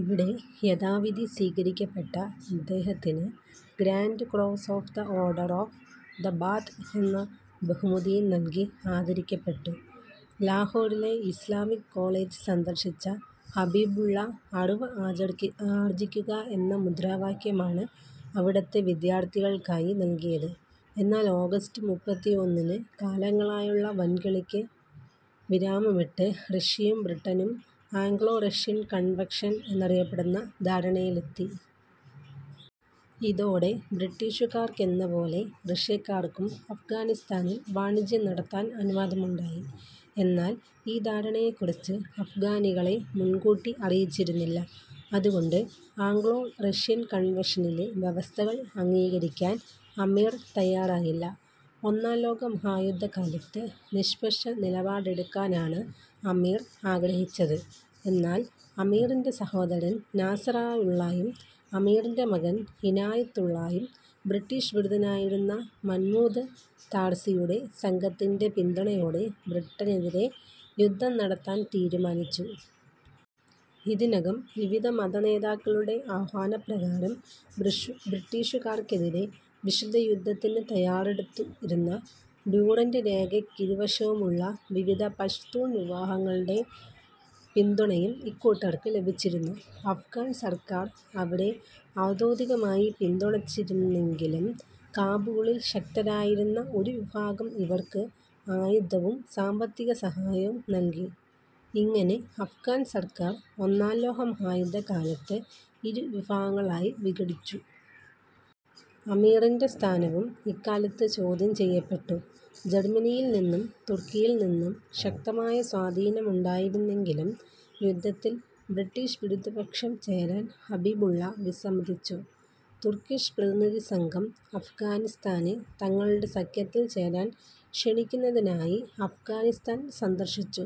ഇവിടെ യഥാവിധി സ്വീകരിക്കപ്പെട്ട ഇദ്ദേഹത്തിന് Grand Cross of the Order of the Bath എന്ന ബഹുമതിയും നൽകി ആദരിക്കപ്പെട്ടു. ലാഹോറിലെ ഇസ്ലാമിക് കോളേജ് സന്ദർശിച്ച ഹബീബുള്ളാ അറിവ് ആർജിക്കുക എന്ന മുദ്രാവാക്യമാണ് അവിടത്തെ വിദ്യാർഥികൾക്കായി നൽകിയത്. എന്നാൽ ഓഗസ്റ്റ് മുപ്പത്തിയൊന്നിന് കാലങ്ങളായുള്ള വൻകളിക്ക് വിരാമമിട്ട് റഷ്യയും ബ്രിട്ടനും ആംഗ്ലോ റഷ്യൻ കൺവെൻഷൻ എന്നറിയപ്പെടുന്ന ധാരണയിലെത്തി. ഇതോടെ ബ്രിട്ടീഷുകാർക്കെന്ന പോലെ റഷ്യക്കാർക്കും അഫ്ഗാനിസ്ഥാനിൽ വാണിജ്യം നടത്താൻ അനുവാദമായി. എന്നാൽ ഈ ധാരണയെക്കുറിച്ച് അഫ്ഗാനികളെ മുൻകൂട്ടി അറിയിച്ചിരുന്നില്ല. അതുകൊണ്ട് ആംഗ്ലോ റഷ്യൻ കൺവെൻഷനിലെ വ്യവസ്ഥകൾ അംഗീകരിക്കാൻ അമീർ തയ്യാറായില്ല. ഒന്നാം ലോകമഹായുദ്ധകാലത്ത് നിഷ്പക്ഷ നിലപാടെടുക്കാനാണ് അമീർ ആഗ്രഹിച്ചത്. എന്നാൽ അമീറിൻ്റെസഹോദരൻ നാസറുള്ളായും അമീറിൻ്റെമകൻ ഇനായത്തുള്ളായും ബ്രിട്ടീഷ് വിരുദ്ധനായിരുന്ന മഹ്മൂദ് താർസിയുടെ സംഘത്തിൻ്റെപിന്തുണയോടെ ബ്രിട്ടനെതിരെ യുദ്ധം നടത്താൻ തീരുമാനിച്ചു. ഇതിനകം വിവിധ മതനേതാക്കളുടെ ആഹ്വാനപ്രകാരം ബ്രിട്ടീഷുകാർക്കെതിരെ വിശുദ്ധയുദ്ധത്തിന് തയ്യാറെടുത്തിരുന്ന ഡ്യൂറൻഡ് രേഖയ്ക്കിരുവശവുമുള്ള വിവിധ പഷ്തൂൺ വിഭാഗങ്ങളുടെ പിന്തുണയും ഇക്കൂട്ടർക്ക് ലഭിച്ചിരുന്നു. അഫ്ഗാൻ സർക്കാർ ഇവരെ ഔദ്യോഗികമായി പിന്തുണച്ചിരുന്നില്ലെങ്കിലും കാബൂളിൽ ശക്തരായിരുന്ന ഒരു വിഭാഗം ഇവർക്ക് ആയുധവും സാമ്പത്തിക സഹായവും നൽകി. ഇങ്ങനെ അഫ്ഗാൻ സർക്കാർ ഒന്നാം ലോകമഹായുദ്ധകാലത്ത് ഇരുവിഭാഗങ്ങളായി വിഘടിച്ചു. അമീറിൻ്റെസ്ഥാനവും ഇക്കാലത്ത് ചോദ്യം ചെയ്യപ്പെട്ടു. ജർമ്മനിയിൽനിന്നും തുർക്കിയിൽനിന്നും ശക്തമായ സ്വാധീനമുണ്ടായിരുന്നെങ്കിലും യുദ്ധത്തിൽ ബ്രിട്ടീഷ് വിരുദ്ധപക്ഷം ചേരാൻ ഹബീബുള്ളാ വിസമ്മതിച്ചു. തുർക്കിഷ് പ്രതിനിധിസംഘം അഫ്ഗാനിസ്ഥാനെ തങ്ങളുടെ സഖ്യത്തിൽ ചേരാൻ ക്ഷണിക്കുന്നതിനായി അഫ്ഗാനിസ്ഥാൻ സന്ദർശിച്ചു.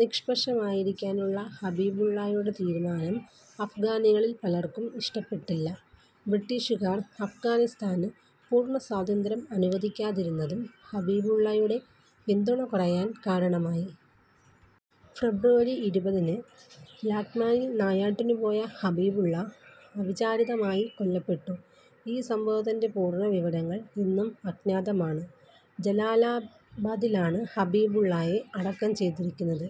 നിഷ്പക്ഷമായിരിക്കാനുള്ള ഹബീബുള്ളായുടെ തീരുമാനം അഫ്ഗാനികളിൽ പലർക്കും ഇഷ്ടപ്പെട്ടില്ല. ബ്രിട്ടീഷുകാർ അഫ്ഗാനിസ്ഥാന് പൂർണസ്വാതന്ത്ര്യം അനുവദിക്കാതിരുന്നതും ഹബീബുള്ളായുടെ പിന്തുണ കുറയാൻ കാരണമായി. ഫെബ്രുവരി ഇരുപതിന് ലാഗ്മാനിൽ നായാട്ടിനു പോയ ഹബീബുള്ളാ അവിചാരിതമായി കൊല്ലപ്പെട്ടു. ഈ സംഭവത്തിൻ്റെപൂർണവിവരങ്ങൾ ഇന്നും അജ്ഞാതമാണ്. ജലാലാബാദിലാണ് ഹബീബുള്ളായെ അടക്കം ചെയ്തിരിക്കുന്നത്.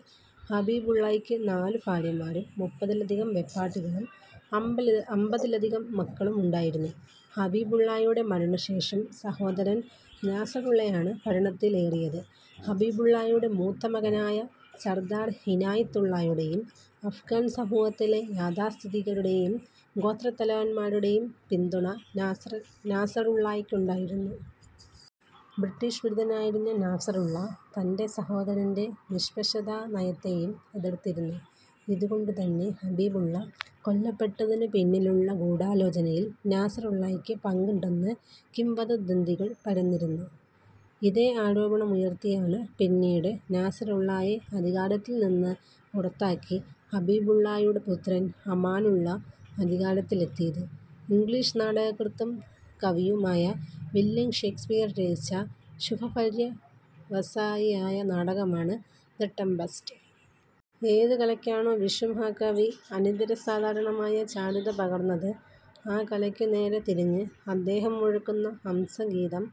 ഹബീബുള്ളായ്ക്ക് നാല് ഭാര്യമാരും മുപ്പതിലധികം വെപ്പാട്ടികളും അമ്പതിലധികം മക്കളുമുണ്ടായിരുന്നു. ഹബീബുള്ളായുടെ മരണശേഷം സഹോദരൻ നാസറുള്ളായാണ് ഭരണത്തിലേറിയത്. ഹബീബുള്ളായുടെ മൂത്ത മകനായ സർദാർ ഇനായത്തുള്ളായുടെയും അഫ്ഗാൻ സമൂഹത്തിലെ യാഥാസ്ഥിതികരുടെയും ഗോത്രത്തലവന്മാരുടെയും പിന്തുണ നാസറുള്ളായ്ക്കുണ്ടായിരുന്നു. ബ്രിട്ടീഷ് വിരുദ്ധനായിരുന്ന നാസറുള്ളാ തൻ്റെസഹോദരൻ്റെനിഷ്പക്ഷതാനയത്തേയും എതിർത്തിരുന്നു. ഇതുകൊണ്ടുതന്നെ ഹബീബുള്ളാ കൊല്ലപ്പെട്ടതിനു പിന്നിലുള്ള ഗൂഢാലോചനയിൽ നാസറുള്ളായ്ക്ക് പങ്കുണ്ടെന്ന് കിംവദന്തികൾ പരന്നിരുന്നു. ഇതേ ആരോപണമുയർത്തിയാണ് പിന്നീട് നാസറുള്ളായെ അധികാരത്തിൽനിന്ന് പുറത്താക്കി ഹബീബുള്ളായുടെ പുത്രൻ അമാനുള്ള അധികാരത്തിലെത്തിയത്. ഇംഗ്ലീഷ് നാടകകൃത്തും കവിയുമായ വില്യം ഷേക്സ്പിയർ രചിച്ച ശുഭപര്യവസായിയായ നാടകമാണ് ദ് ടെംപെസ്റ്റ്. ഏതു കലയ്ക്കാണോ വിശ്വമഹാകവി അനിതരസാധാരണമായ ചാരുത പകർന്നത്, ആ കലയ്ക്കുനേരെ തിരിഞ്ഞ് അദ്ദേഹം മുഴക്കുന്ന ഹംസഗീതം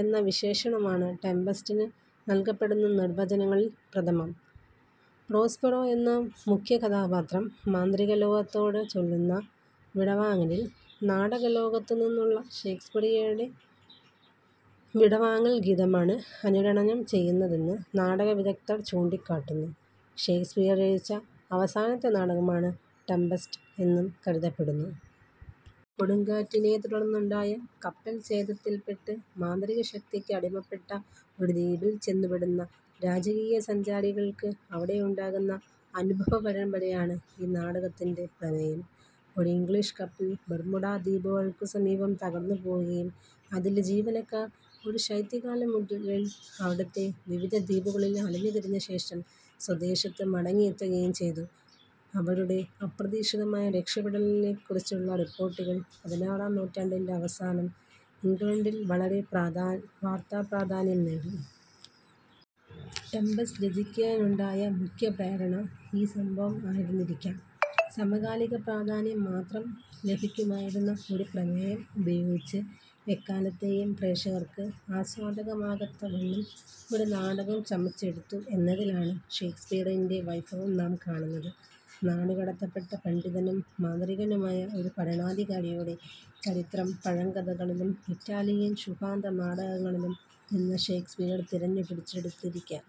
എന്ന വിശേഷണമാണ് ടെംപെസ്റ്റിന് നൽകപ്പെടുന്ന നിർവചനങ്ങളിൽ പ്രഥമം. പ്രോസ്പെറോ എന്ന മുഖ്യകഥാപാത്രം മാന്ത്രികലോകത്തോട് ചൊല്ലുന്ന വിടവാങ്ങലിൽ നാടകലോകത്തുനിന്നുള്ള ഷേക്സ്പിയറുടെ വിടവാങ്ങൽഗീതമാണ് അനുരണനം ചെയ്യുന്നതെന്ന് നാടകവിദഗ്ധർ ചൂണ്ടിക്കാട്ടുന്നു. ഷേക്സ്പിയർ രചിച്ച അവസാനത്തെ നാടകമാണ് ടെംപെസ്റ്റ് എന്നു കരുതപ്പെടുന്നു. കൊടുങ്കാറ്റിനെത്തുടർന്നുണ്ടായ കപ്പൽച്ചേതത്തിൽപ്പെട്ട് മാന്ത്രികശക്തിക്ക് അടിപ്പെട്ട ഒരു ദ്വീപിൽ ചെന്നുപെടുന്ന രാജകീയ സഞ്ചാരികൾക്ക് അവിടെ ഉണ്ടാകുന്ന അനുഭവപരമ്പരയാണ് ഈ നാടകത്തിൻ്റെപ്രമേയം. ഒരു ഇംഗ്ലീഷ് കപ്പൽ ബെർമുഡാ ദ്വീപുകൾക്കു സമീപം തകർന്നുപോവുകയും അതിലെ ജീവനക്കാർ ഒരു ശൈത്യകാലം മുഴുവൻ അവിടത്തെ വിവിധ ദ്വീപുകളിൽ അലഞ്ഞുതിരിഞ്ഞശേഷം സ്വദേശത്ത് മടങ്ങിയെത്തുകയും ചെയ്തു. അവരുടെ അപ്രതീക്ഷിതമായ രക്ഷപ്പെടലിനെക്കുറിച്ചുള്ള റിപ്പോർട്ടുകൾ പതിനാറാം നൂറ്റാണ്ടിൻ്റെഅവസാനം ഇംഗ്ലണ്ടിൽ വളരെ വാർത്താപ്രാധാന്യം നേടി. ടെംപെസ്റ്റ് രചിക്കുവാനുണ്ടായ മുഖ്യപ്രേരണ ഈ സംഭവം ആയിരുന്നിരിക്കാം. സമകാലിക പ്രാധാന്യം മാത്രം ലഭിക്കുമായിരുന്ന ഒരു പ്രമേയം ഉപയോഗിച്ച് എക്കാലത്തെയും പ്രേക്ഷകർക്ക് ആസ്വാദ്യമാകത്തക്കവണ്ണം ഒരു നാടകം ചമച്ചെടുത്തു എന്നതിലാണ് ഷേക്സ്പിയറിൻ്റെവൈഭവം നാം കാണുന്നത്. നാടുകടത്തപ്പെട്ട പണ്ഡിതനും മാന്ത്രികനുമായ ഒരു ഭരണാധികാരിയുടെ ചരിത്രം പഴങ്കഥകളിലും ഇറ്റാലിയൻ ശുഭാന്തനാടകങ്ങളിലുംനിന്ന് ഷേക്സ്പിയർ തിരഞ്ഞുപിടിച്ചെടുത്തിരിക്കാം.